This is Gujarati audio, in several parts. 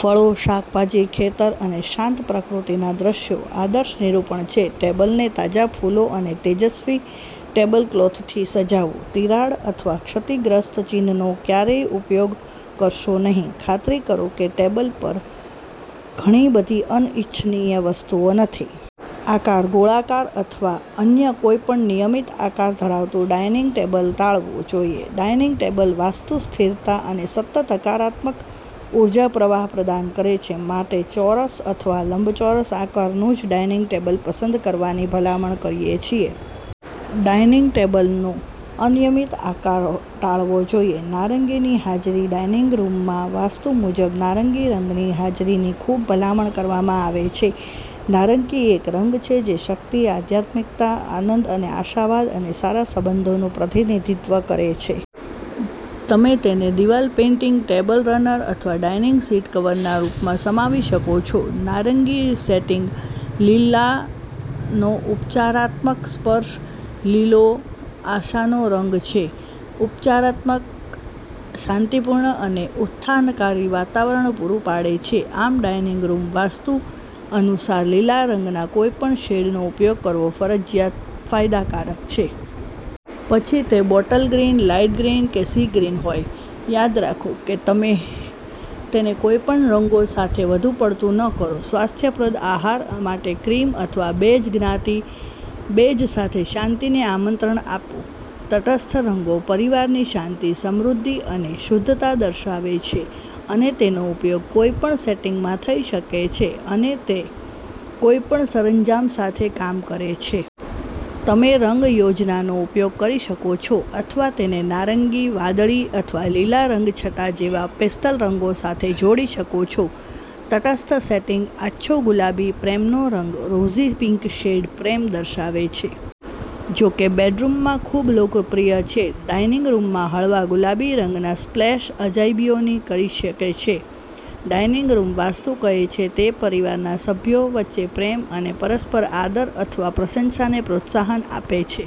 ફળો, શાકભાજી, ખેતર અને શાંત પ્રકૃતિના દ્રશ્યો આદર્શ નિરૂપણ છે. ટેબલને તાજા ફૂલો અને તેજસ્વી ટેબલક્લોથથી સજાવો. તિરાડ અથવા ક્ષતિગ્રસ્ત ચીનનો ક્યારેય ઉપયોગ કરશો નહીં. ખાતરી કરો કે ટેબલ પર ઘણી બધી અનિચ્છનીય વસ્તુઓ નથી. આકાર: ગોળાકાર અથવા અન્ય કોઈપણ નિયમિત આકાર ધરાવતું ડાઈનિંગ ટેબલ ટાળવું જોઈએ. ડાઇનિંગ રૂમ વાસ્તુ સ્થિરતા અને સતત હકારાત્મક ઊર્જા પ્રવાહ પ્રદાન કરવા માટે ચોરસ અથવા લંબચોરસ આકારનું ડાઇનિંગ ટેબલ પસંદ કરવાની ભલામણ કરીએ છીએ ડાઇનિંગ ટેબલનો અનિયમિત આકાર ટાળવો જોઈએ. નારંગીની હાજરી. ડાઇનિંગ રૂમ વાસ્તુ મુજબ નારંગી રંગની હાજરીની ખૂબ ભલામણ કરવામાં આવે છે. નારંગી એક રંગ છે જે શક્તિ, આધ્યાત્મિકતા, આનંદ, આશાવાદ અને સારા સંબંધોનું પ્રતિનિધિત્વ કરે છે. તમે તેને દિવાલ પેઇન્ટિંગ, ટેબલ રનર અથવા ડાઇનિંગ સીટ કવરના રૂપમાં સમાવી શકો છો. નારંગી સેટિંગ. લીલાનો ઉપચારાત્મક સ્પર્શ. લીલો આશાનો રંગ છે. ઉપચારાત્મક, શાંતિપૂર્ણ અને ઉત્થાનકારી વાતાવરણ પૂરું પાડે છે. આમ, ડાઇનિંગ રૂમ વાસ્તુ અનુસાર લીલા રંગના કોઈપણ શેડનો ઉપયોગ કરવો ફાયદાકારક છે. પછી તે બોટલ ગ્રીન, લાઇટ ગ્રીન કે સી ગ્રીન હોય. યાદ રાખો કે તે કોઈપણ રંગો સાથે વધુ પડતું ન કરો. સ્વાસ્થ્યપ્રદ આહાર માટે ક્રીમ અથવા બેજ સાથે શાંતિને આમંત્રણ આપો. તટસ્થ રંગો પરિવારની શાંતિ, સમૃદ્ધિ અને શુદ્ધતા દર્શાવે છે અને તેનો ઉપયોગ કોઈપણ સેટિંગમાં થઈ શકે છે અને તે કોઈપણ સરંજામ સાથે કામ કરે છે. તમે રંગ યોજનાનો ઉપયોગ કરી શકો છો અથવા તેને નારંગી, વાદળી અથવા લીલા રંગછટા જેવા પેસ્ટલ રંગો સાથે જોડી શકો છો. તટસ્થ સેટિંગ. આછો ગુલાબી, પ્રેમનો રંગ. રોઝી પિંક શેડ્સ પ્રેમ દર્શાવે છે. જો કે તે બેડરૂમમાં ખૂબ લોકપ્રિય છે, ડાઇનિંગ રૂમમાં હળવા ગુલાબી રંગના સ્પ્લેશ અજાયબીઓ કરી શકે છે, ડાઇનિંગ રૂમ વાસ્તુ કહે છે. તે પરિવારના સભ્યો વચ્ચે પ્રેમ અને પરસ્પર આદર અથવા પ્રશંસાને પ્રોત્સાહન આપે છે.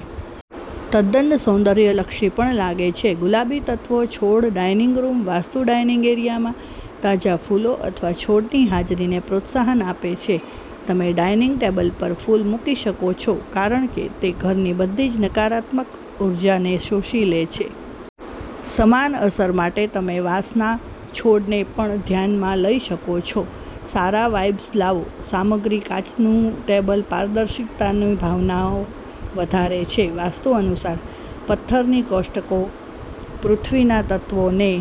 તદ્દન સૌંદર્યલક્ષી પણ લાગે છે. ગુલાબી તત્વો. છોડ. ડાઇનિંગ રૂમ વાસ્તુ ડાઇનિંગ એરિયામાં તાજા ફૂલો અથવા છોડની હાજરીને પ્રોત્સાહન આપે છે. તમે ડાઇનિંગ ટેબલ પર ફૂલ મૂકી શકો છો કારણ કે તે ઘરની બધી નકારાત્મક ઊર્જાને શોષી લે છે. સમાન અસર માટે તમે વાંસના છોડને પણ ધ્યાનમાં લઈ શકો છો. સારા વાઇબ્સ લાવો. સામગ્રી. કાચનું ટેબલ પારદર્શિતાની ભાવના વધારે છે. વાસ્તુ અનુસાર, પથ્થરની કોષ્ટકો પૃથ્વીના તત્વોને